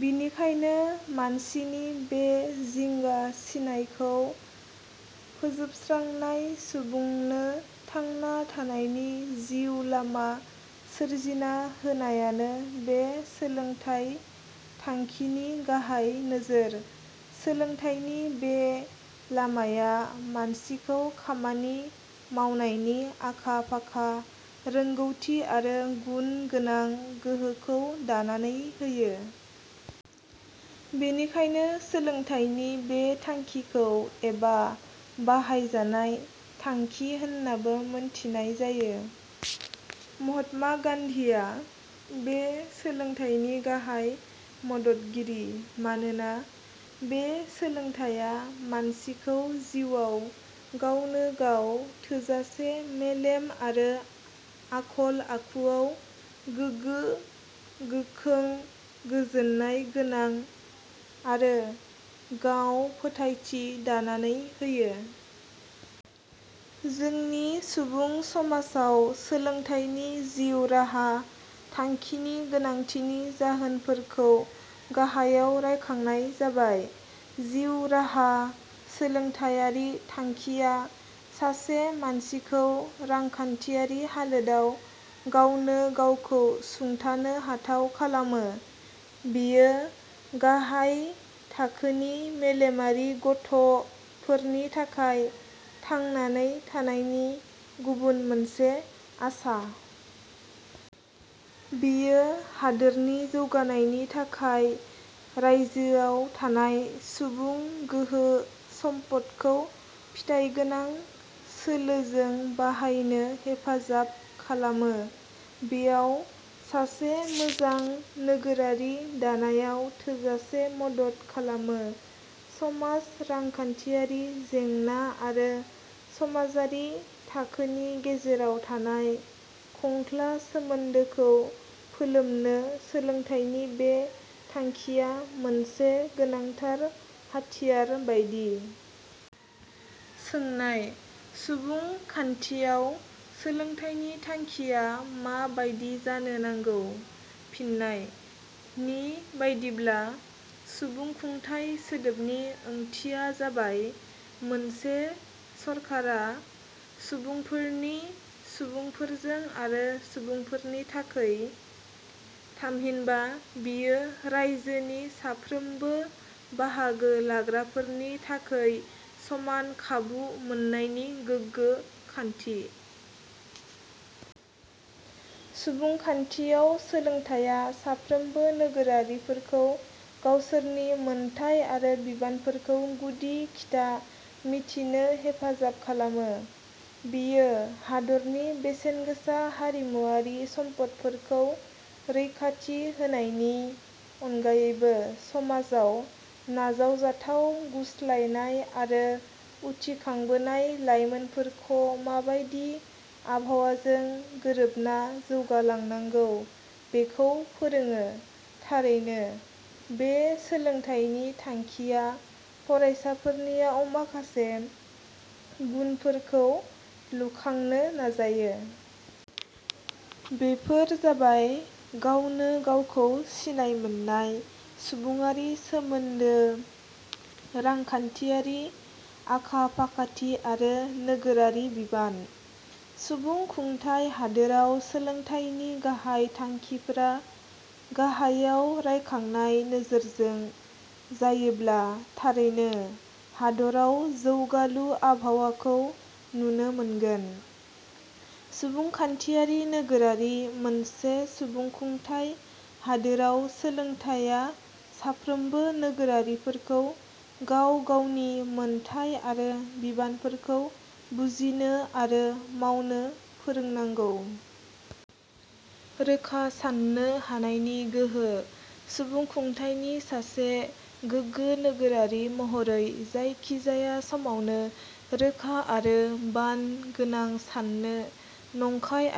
बिनिखायनो मानसिनि बे जिंगा सिनायखौ फोजोबस्रांना सुबुंनो थांना थानायनि जिउ लामा सोरजिना होनायानो बे सोलोंथाय थांखिनि गाहाय नोजोर। सोलोंथायनि बे लामाया मानसिखौ खामानि मावनायनि आखा फाखा, रोंगौथि आरो गुन गोनां गोहोखौ दानानै होयो। बेनिखायनो सोलोंथाइनि बे थांखिखौ "" एबा ' बाहायजानाय' थांखि होन्नाबो मोन्थिनाय जायो। महात्मा गान्धिया बे सोलोंथाइनि गाहाइ मददगिरि। मानोना बे सोलोंथाइया मानसिखौ जिउआव गावनो गाव थोजासे, मेलेम आरो आखल आखुआव गोगो-गोखों, गोजोन्नाय गोनां आरो गांव फोथाइथि दानानै होयो। जोंनि सुबुं समाजाव सोलोंथाइनि जिउ राहा थांखिनि गोनांथिनि जाहोनफोरखौ गाहायाव रायखांनाय जाबाय। जिउ राहा सोलोंथाइयारि थांखिया सासे मानसिखौ रांखान्थियारि हालोदाव गावनो गावखौ सुंथानो हाथाव खालामो। बेयो गाहाय थाखोनि मेलेमारि गथ 'फोरनि थाखाय थांनानै थानायनि गुबुन मोनसे आसा। बेयो हादोरनि जौगानायनि थाखाय रायजोआव थानाय सुबुं गोहो सम्पदखौ फिथाइगोनां सोलोजों बाहायनो हेफाजाब खालामो। बेयो सासे मोजां नोगोरारि दानायाव थोजासे मदद खालामो। समाज- रांखान्थियारि जेंना आरो समाजारि थाखोनि गेजेराव थानाय खंखला सोमोन्दोखौ फोलोमनो सोलोंथाइनि बे थांखिया मोनसे गोनांथार हाथियार बायदि। सोंनाय-. सुबुं खान्थियाव सोलोंथाइनि थांखिया मा बादि जानो नांगौ? फिन्नाय: नि बादिब्ला सुबुंखुंथाइ सोदोबनि ओंथिया जाबाय, 'मोनसे सरकारा सुबुंफोरनि, सुबुंफोरजों आरो सुबुंफोरनि थाखै। " थामहिनबा बेयो रायजोनि साफ्रोमबो बाहागो लाग्राफोरनि थाखै समान खाबु मोन्नायनि गोगो खान्थि। सुबुंखान्धियाव सोलोंथाइया साफ्रोमबो नोगोरारिफोरखौ गावसोरनि मोन्थाइ आरो बिबानफोरखौ गुदि-खिथा मिथिनो हेफाजाब खालामो। बेयो हादरनि बेसेनगोसा हारिमुवारि सम्पदफोरखौ रैखाथि होनायनि अनगायैबो समाजाव नाजावजाथाव गुस्लायनाय आरो उथिखांबोनाय लाइमोनफोरख माबादि आबहावाजों गोरोबना जौगालांनांगौ बेखौ फोरोङो। थारैनो वे सोलोंथाइनि थांखिया फरायसाफोरनियाव माखासे गुनफोरखौ लुखांनो नाजायो। बेफोर जाबाय- गावनो गावखौ सिनायमोन्नाय सुबुडारि सोमोन्दो रांखान्थियारि आखा-फाखाथि आरो नोगोरारि बिबान। सुबुं खुंथाय हादोराव सोलोंथाइनि गाहाइ थांखिफोरा गाहायाव रायखांनाय नोजोरजों जायोब्ला थारैनो हादराव जौगालु आबहावाखौ नुनो मोनगोन। सुबुंखान्थियारि नोगोरारि: मोनसे सुबुंखुंथाइ हादोराव सोलोंथाइया साफ्रोमबो नोगोरारिफोरखौ गाव-गावनि मोन्थाइ आरो बिबानफोरखौ बुजिनो आरो मावनो फोरोंनांगौ। रोखा सान्नो हानायनि गोहो: सुबुंखुंथाइनि सासे गोगो नोगोरारि महरै जायखिजाया समावनो रोखा आरो बान गोनां सान्नो, नंखाय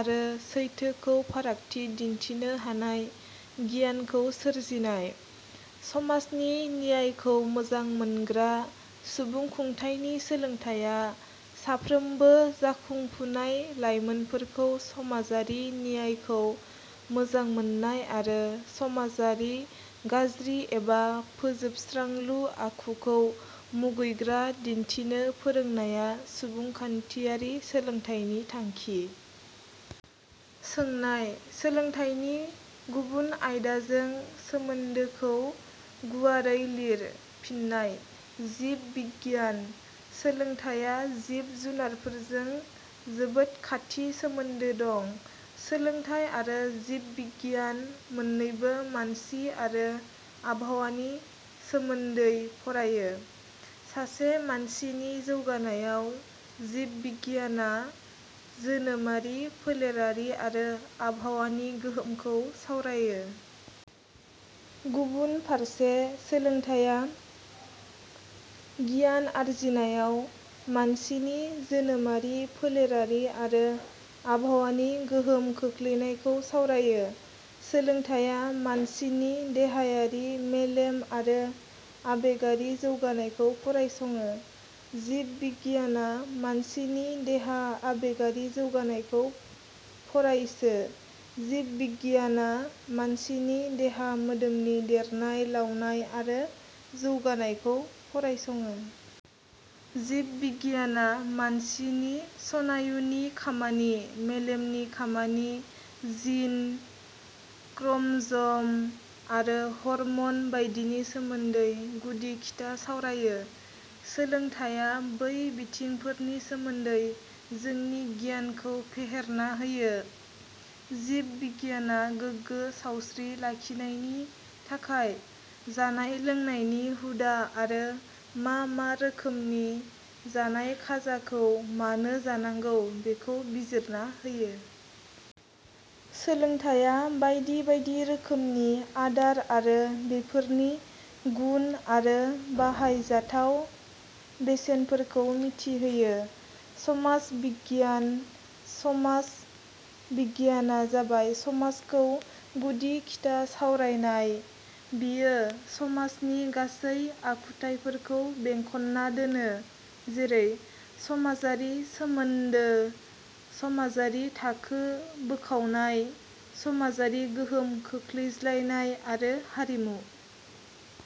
आरो सैथोखौ फारागथि दिन्थिनो हानाय गियानखौ सोरजिनाय। समाजनि नियायखौ मोजां मोनग्रा: सुबुंखुंथाइनि सोलोंथाइया साफ्रोमबो जाखुंफुनाय लाइमोनफोरखौ समाजारि नियायखौ मोजांमोन्नाय आरो समाजारि गाज्रि एबा फोजोबस्रांलु आखुखौ मुगैग्रा दिन्थिनो फोरोंनाया सुबुंखान्थियारि सोलोंथाइनि थांखि। सोंनाय-. सोलोंथाइनि गुबुन आयदाजों सोमोन्दोखौ गुसुङै लिर। फिन्नाय: जिब बिगियान: सोलोंथाइया जिब बिगियानजों जोबोद खान्थि सोमोन्दो दं। सोलोंथाइ आरो जिब बिगियान मोन्नैबो मानसि आरो आबहावानि सोमोन्दै फरायो। सासे मानसिनि जौगानायाव जिब बिगियाना जोनोमारि फोलेरफारि आरो आबाहावानि गोहोमखौ सावरायो। गुबुन फारसे सोलोंथाइया गियान आरजिनायाव मानसिनि जोनोमारि फोलेरफारि आरो आबहावानि गोहोम खोख्लैनायखौ सावरायो। सोलोंथाइया मानसिनि देहायारि, मेलेम आरो आबेगारि जौगानायखौ फरायसङो। जिब बिगियाना मानसिनि देहा-आबेगारि जौगानायखौ फरायसो। जिब बिगियाना मानसिनि देहा-मोदोमारि देरनाय- लावनाय आरो जौगानायखौ फरायसङो। जिब बिगियाना मानसिनि स्नायुनि खामानि, मेलेमनि खामानि, जिन, क्रमज 'म आरो हरमन बायदिनि सोमोन्दै गुदि-खिथा सावरायो। सोलोंथाइया बै बिथिंफोरनि सोमोन्दै जोंनि गियानखौ फेहेरना होयो। जिब बिगियाना गोगो साउस्त्रि लाखिनायनि थाखाय जानाय-लोंनायनि हुदा आरो मा मा रोखोमनि जानाय खाजाखौ मानो जानांगौ बेखौ बिजिरना होयो। सोलोंथाइया बायदि बायदि रोखोमनि आदार आरो बेफोरनि गुन आरो बाहाय जाथाव बेसेनफोरखौ मिथि होयो। समाज बिगियान: समाज बिगियाना जाबाय समाजखौ गुदि-खिथा सावरायनाय। बेयो समाजनि गासै आखुथाइफोरखौ बेंखन्ना दोनो। जेरै- समाजारि सोमोन्दो, समाजारि थाखो बोखावनाय, समाजारि गोहोम खोख्लैज्लायनाय आरो हारिमु।